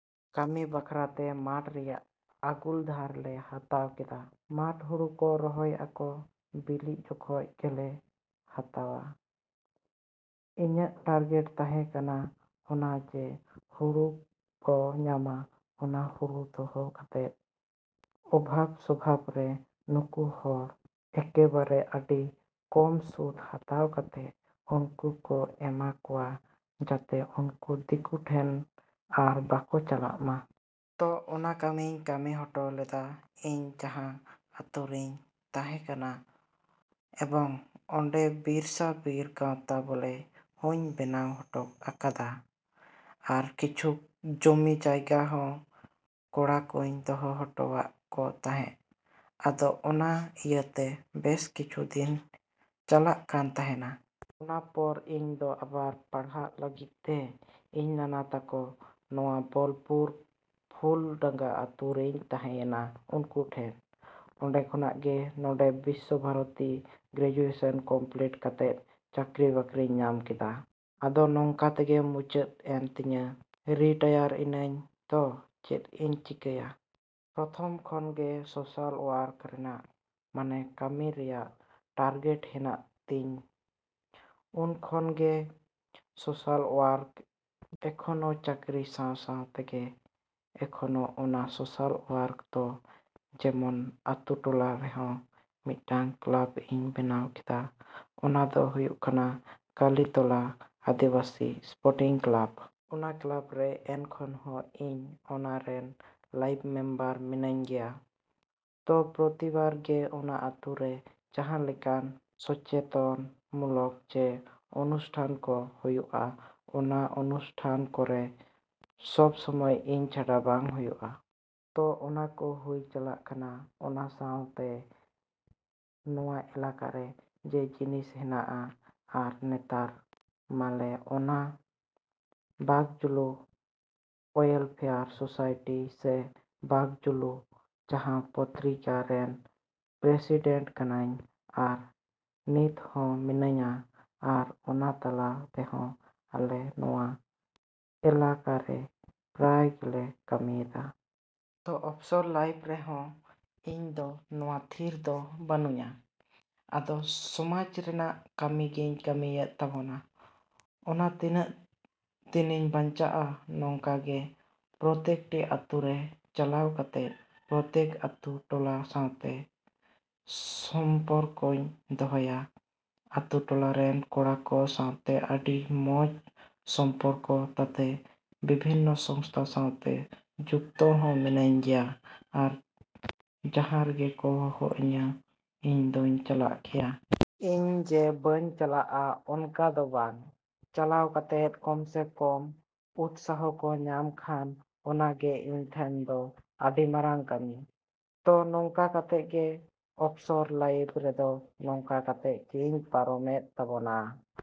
‎ᱠᱟᱹᱢᱤ ᱵᱟᱠᱷᱨᱟ ᱛᱮ ᱢᱟᱴᱷ ᱨᱮᱱᱟᱜ ᱟᱜᱩᱞᱫᱟᱨ ᱞᱮ ᱦᱟᱛᱟᱣ ᱠᱮᱫᱟ᱾ ᱢᱟᱴᱷ ᱦᱩᱲᱩ ᱠᱚ ᱨᱚᱦᱚᱭ ᱟᱠᱚ ᱵᱤᱞᱤ ᱡᱚᱠᱷᱚᱡ ᱜᱮᱞᱮ ᱦᱟᱛᱟᱣᱟ᱾ ᱤᱧᱟᱜ ᱴᱟᱨᱜᱮᱴ ᱛᱟᱸᱦᱮ ᱠᱟᱱᱟ ᱚᱱᱟ ᱡᱮ ᱦᱩᱲᱩ ᱵᱚ ᱧᱟᱢᱟ ᱚᱱᱟ ᱦᱩᱲᱩ ᱫᱚᱦᱚ ᱠᱟᱛᱮᱜ ᱚᱵᱷᱟᱵᱽ ᱥᱚᱢᱚᱭᱨᱮ ᱱᱩᱠᱩ ᱦᱚᱲ ᱮᱠᱮᱵᱟᱨᱮ ᱟᱹᱰᱤ ᱠᱚᱢ ᱥᱩᱫ ᱦᱟᱛᱟᱣ ᱠᱟᱛᱮᱜ ᱩᱱᱠᱩ ᱠᱚ ᱮᱢᱟ ᱠᱚᱣᱟ ᱡᱟᱛᱮ ᱩᱱᱠᱩ ᱫᱤᱠᱩ ᱴᱷᱮᱱ ᱟᱨ ᱵᱟᱠᱚ ᱪᱟᱞᱟᱜ ᱢᱟ᱾ ᱛᱚ ᱚᱱᱟ ᱠᱟᱹᱢᱤᱧ ᱠᱟᱹᱢᱤ ᱦᱚᱴᱚ ᱞᱮᱫᱟ ᱤᱧ ᱡᱟᱸᱦᱟ ᱟᱹᱛᱩᱨᱤᱧ ᱛᱟᱸᱦᱮ ᱠᱟᱱᱟ ᱮᱵᱚᱝ ᱚᱸᱰᱮ ᱵᱤᱨᱥᱟᱹᱼᱵᱤᱨ ᱜᱟᱶᱛᱟ ᱵᱚᱞᱮ ᱦᱚᱧ ᱵᱮᱱᱟᱣ ᱦᱚᱴᱚ ᱠᱟᱫᱟ ᱟᱨ ᱠᱤᱪᱷᱩ ᱡᱚᱢᱤ ᱡᱟᱭᱜᱟ ᱦᱚᱸ ᱠᱚᱲᱟ ᱠᱚᱧ ᱫᱚᱦᱚ ᱦᱚᱴᱚᱣᱟᱜ ᱠᱚ ᱛᱟᱸᱦᱮᱜ᱾ ᱟᱫᱚ ᱚᱱᱟ ᱤᱭᱟᱹᱛᱮ ᱵᱮᱥ ᱠᱤᱪᱷᱩ ᱫᱤᱱ ᱪᱟᱞᱟᱜ ᱠᱟᱱ ᱛᱟᱸᱦᱮᱱᱟ᱾ ᱚᱱᱟ ᱯᱚᱨ ᱤᱧ ᱫᱚ ᱟᱵᱟᱨ ᱯᱟᱲᱦᱟᱜ ᱞᱟᱹᱜᱤᱫᱛᱮ ᱤᱧ ᱱᱟᱱᱟ ᱛᱟᱠᱚ ᱱᱚᱣᱟ ᱵᱚᱞᱯᱩᱨ ᱯᱷᱩᱞ ᱰᱟᱝᱜᱟ ᱟᱹᱛᱩ ᱨᱤᱧ ᱛᱟᱸᱦᱮᱭᱮᱱᱟ ᱩᱱᱠᱩ ᱴᱷᱮᱱ᱾ ᱚᱸᱰᱮ ᱠᱷᱚᱱᱜᱮ ᱱᱚᱰᱮ ᱵᱤᱥᱥᱚ ᱵᱷᱟᱨᱚᱛᱤᱨᱮ ᱜᱨᱮᱡᱩᱭᱮᱥᱚᱱ ᱠᱚᱢᱯᱞᱤᱴ ᱠᱟᱛᱮᱜ ᱪᱟᱹᱠᱨᱤ ᱵᱟᱹᱠᱨᱤᱧ ᱧᱟᱢ ᱠᱮᱫᱟ᱾ ᱟᱫᱚ ᱱᱚᱝᱠᱟ ᱛᱮᱜᱮ ᱢᱩᱪᱟᱹᱫ ᱮᱱ ᱛᱤᱧᱟ ᱨᱤᱴᱟᱭᱟᱨ ᱤᱱᱟᱹᱧ ᱛᱚ ᱪᱮᱫ ᱤᱧ ᱪᱤᱠᱟᱭᱟ᱾ ᱯᱨᱚᱛᱷᱚᱢ ᱠᱷᱚᱱᱜᱮ ᱥᱚᱥᱟᱞ ᱚᱣᱟᱨᱠ ᱨᱮᱱᱟᱜ ᱢᱟᱱᱮ ᱠᱟᱹᱢᱤ ᱨᱮᱭᱟᱜ ᱴᱟᱨᱜᱮᱴ ᱦᱮᱱᱟᱜ ᱛᱤᱧ ᱩᱱᱠᱷᱚᱱ ᱜᱮ ᱥᱚᱥᱟᱞ ᱚᱣᱟᱨᱠ ᱮᱠᱷᱚᱱᱚ ᱪᱟᱠᱨᱤ ᱥᱟᱶ ᱥᱟᱶ ᱛᱮᱜᱮ ᱮᱠᱷᱚᱱᱚ ᱚᱱᱟ ᱥᱚᱥᱟᱞ ᱚᱣᱟᱨᱠ ᱫᱚ ᱡᱮᱢᱚᱱ ᱟᱹᱛᱩ ᱴᱚᱞᱟ ᱨᱮᱦᱚᱸ ᱢᱤᱫᱴᱟᱱ ᱠᱞᱟᱵᱽ ᱤᱧ ᱵᱮᱱᱟᱣ ᱠᱮᱫᱟ ᱚᱱᱟ ᱫᱚ ᱦᱩᱭᱩᱜ ᱠᱟᱱᱟ ᱠᱟᱞᱤᱛᱚᱞᱟ ᱟᱫᱤᱵᱟᱥᱤ ᱥᱯᱚᱨᱴᱤᱝ ᱠᱞᱟᱵᱽ᱾ ᱚᱱᱟ ᱠᱞᱟᱵᱽ ᱨᱮ ᱮᱱᱠᱷᱚᱱᱦᱚᱸ ᱤᱧ ᱚᱱᱟᱨᱮᱱ ᱞᱟᱭᱤᱵᱽ ᱢᱮᱢᱵᱟᱨ ᱢᱤᱱᱟᱹᱧ ᱜᱮᱭᱟ᱾ ᱛᱚ ᱯᱨᱚᱛᱤᱵᱟᱨ ᱜᱮ ᱚᱱᱟ ᱟᱛᱩ ᱨᱮ ᱡᱟᱸᱦᱟ ᱞᱮᱠᱟᱱ ᱥᱚᱪᱮᱛᱚᱱ ᱢᱩᱞᱚᱠ ᱡᱮ ᱚᱱᱩᱥᱴᱷᱟᱱ ᱠᱚ ᱦᱩᱭᱩᱜᱼᱟ ᱚᱱᱟ ᱚᱱᱩᱥᱴᱷᱟᱱ ᱠᱚᱨᱮ ᱥᱚᱵᱽ ᱥᱚᱢᱚᱭ ᱤᱧ ᱪᱷᱟᱲᱟ ᱵᱟᱝ ᱦᱩᱭᱩᱜᱼᱟ᱾ ᱛᱚ ᱚᱱᱟ ᱠᱚ ᱦᱩᱭ ᱪᱟᱞᱟᱜ ᱠᱟᱱᱟ ᱚᱱᱟ ᱥᱟᱶᱛᱮ ᱱᱚᱣᱟ ᱮᱞᱟᱠᱟᱨᱮ ᱡᱮ ᱡᱤᱱᱤᱥ ᱦᱮᱱᱟᱜᱼᱟ ᱟᱨ ᱱᱮᱛᱟᱨ ᱢᱟᱞᱮ ᱚᱱᱟ ᱵᱟᱠᱡᱩᱞᱩ ᱳᱭᱮᱞᱯᱷᱮᱭᱟᱨ ᱥᱚᱥᱟᱭᱴᱤ ᱥᱮ ᱵᱟᱠ ᱡᱩᱞᱩ ᱡᱟᱸᱦᱟ ᱯᱚᱛᱨᱤᱠᱟ ᱨᱮᱱ ᱯᱨᱮᱥᱤᱰᱮᱱᱴ ᱠᱟᱱᱟᱧ ᱟᱨ ᱱᱤᱛ ᱦᱚᱸ ᱢᱤᱱᱟᱹᱧᱟ ᱟᱨ ᱚᱱᱟ ᱛᱟᱞᱟ ᱛᱮᱦᱚᱸ ᱟᱞᱮ ᱱᱚᱣᱟ ᱮᱞᱟᱠᱟᱨᱮ ᱯᱨᱟᱭ ᱜᱮᱞᱮ ᱠᱟᱹᱢᱤᱭᱮᱫᱟ᱾ ᱛᱚ ᱚᱯᱥᱚᱨ ᱞᱟᱭᱤᱯᱷ ᱨᱮᱦᱚᱸ ᱤᱧ ᱫᱚ ᱱᱚᱣᱟ ᱛᱷᱤᱨ ᱫᱚ ᱵᱟᱹᱱᱩᱧᱟ ᱟᱫᱚ ᱥᱚᱢᱟᱡᱽ ᱨᱮᱱᱟᱜ ᱠᱟᱹᱢᱤ ᱜᱤᱧ ᱠᱟᱹᱢᱤᱭᱮᱜ ᱛᱟᱵᱚᱱᱟ᱾ ᱟᱫᱚ ᱛᱤᱱᱟᱹᱜ ᱫᱤᱱᱤᱧ ᱵᱟᱧᱪᱟᱜᱼᱟ ᱱᱚᱝᱠᱟᱜᱮ ᱯᱨᱚᱛᱛᱮᱠᱴᱤ ᱟᱹᱛᱩ ᱨᱮ ᱪᱟᱞᱟᱣ ᱠᱟᱛᱮ ᱯᱨᱚᱛᱛᱮᱠ ᱟᱛᱩ ᱴᱚᱞᱟ ᱥᱟᱶᱛᱮ ᱥᱚᱢᱯᱚᱨᱠᱚᱧ ᱫᱚᱦᱚᱭᱟ, ᱟᱹᱛᱩ ᱴᱚᱞᱟᱨᱮᱱ ᱠᱚᱲᱟ ᱠᱚ ᱥᱟᱶᱛᱮ ᱟᱹᱰᱤ ᱢᱚᱸᱡᱽ ᱥᱚᱢᱯᱚᱨᱠᱚ ᱛᱟᱛᱮ ᱵᱤᱵᱷᱤᱱᱱᱚ ᱥᱚᱝᱥᱛᱟ ᱥᱟᱣᱛᱮ ᱡᱩᱠᱛᱚ ᱦᱚᱸ ᱢᱤᱱᱟᱹᱧ ᱜᱮᱭᱟ ᱟᱨ ᱡᱟᱸᱦᱟ ᱨᱮᱜᱮ ᱠᱚ ᱦᱚᱦᱚ ᱤᱧᱟ ᱤᱧᱫᱩᱧ ᱪᱟᱞᱟᱜ ᱜᱮᱭᱟ᱾ ᱤᱧ ᱡᱮ ᱵᱟᱹᱧ ᱪᱟᱞᱟᱜᱼᱟ ᱚᱱᱠᱟ ᱫᱚ ᱵᱟᱝ᱾ ᱪᱟᱞᱟᱣ ᱠᱟᱛᱮᱜ ᱠᱚᱢᱥᱮ ᱠᱚᱢ ᱩᱛᱥᱟᱦᱚ ᱠᱚ ᱧᱟᱢ ᱠᱷᱟᱱ ᱚᱱᱟᱜᱮ ᱤᱧ ᱴᱷᱮᱱ ᱫᱚ ᱟᱹᱰᱤ ᱢᱟᱨᱟᱝ ᱠᱟᱹᱢᱤ᱾ ᱛᱚ ᱱᱚᱝᱠᱟ ᱠᱟᱛᱮᱜ ᱜᱮ ᱚᱯᱥᱚᱨ ᱞᱟᱭᱤᱯᱷ ᱨᱮᱫᱚ ᱱᱚᱝᱠᱟ ᱠᱟᱛᱮᱜ ᱜᱤᱧ ᱯᱟᱨᱚᱢᱮᱜ ᱛᱟᱵᱚᱱᱟ᱾।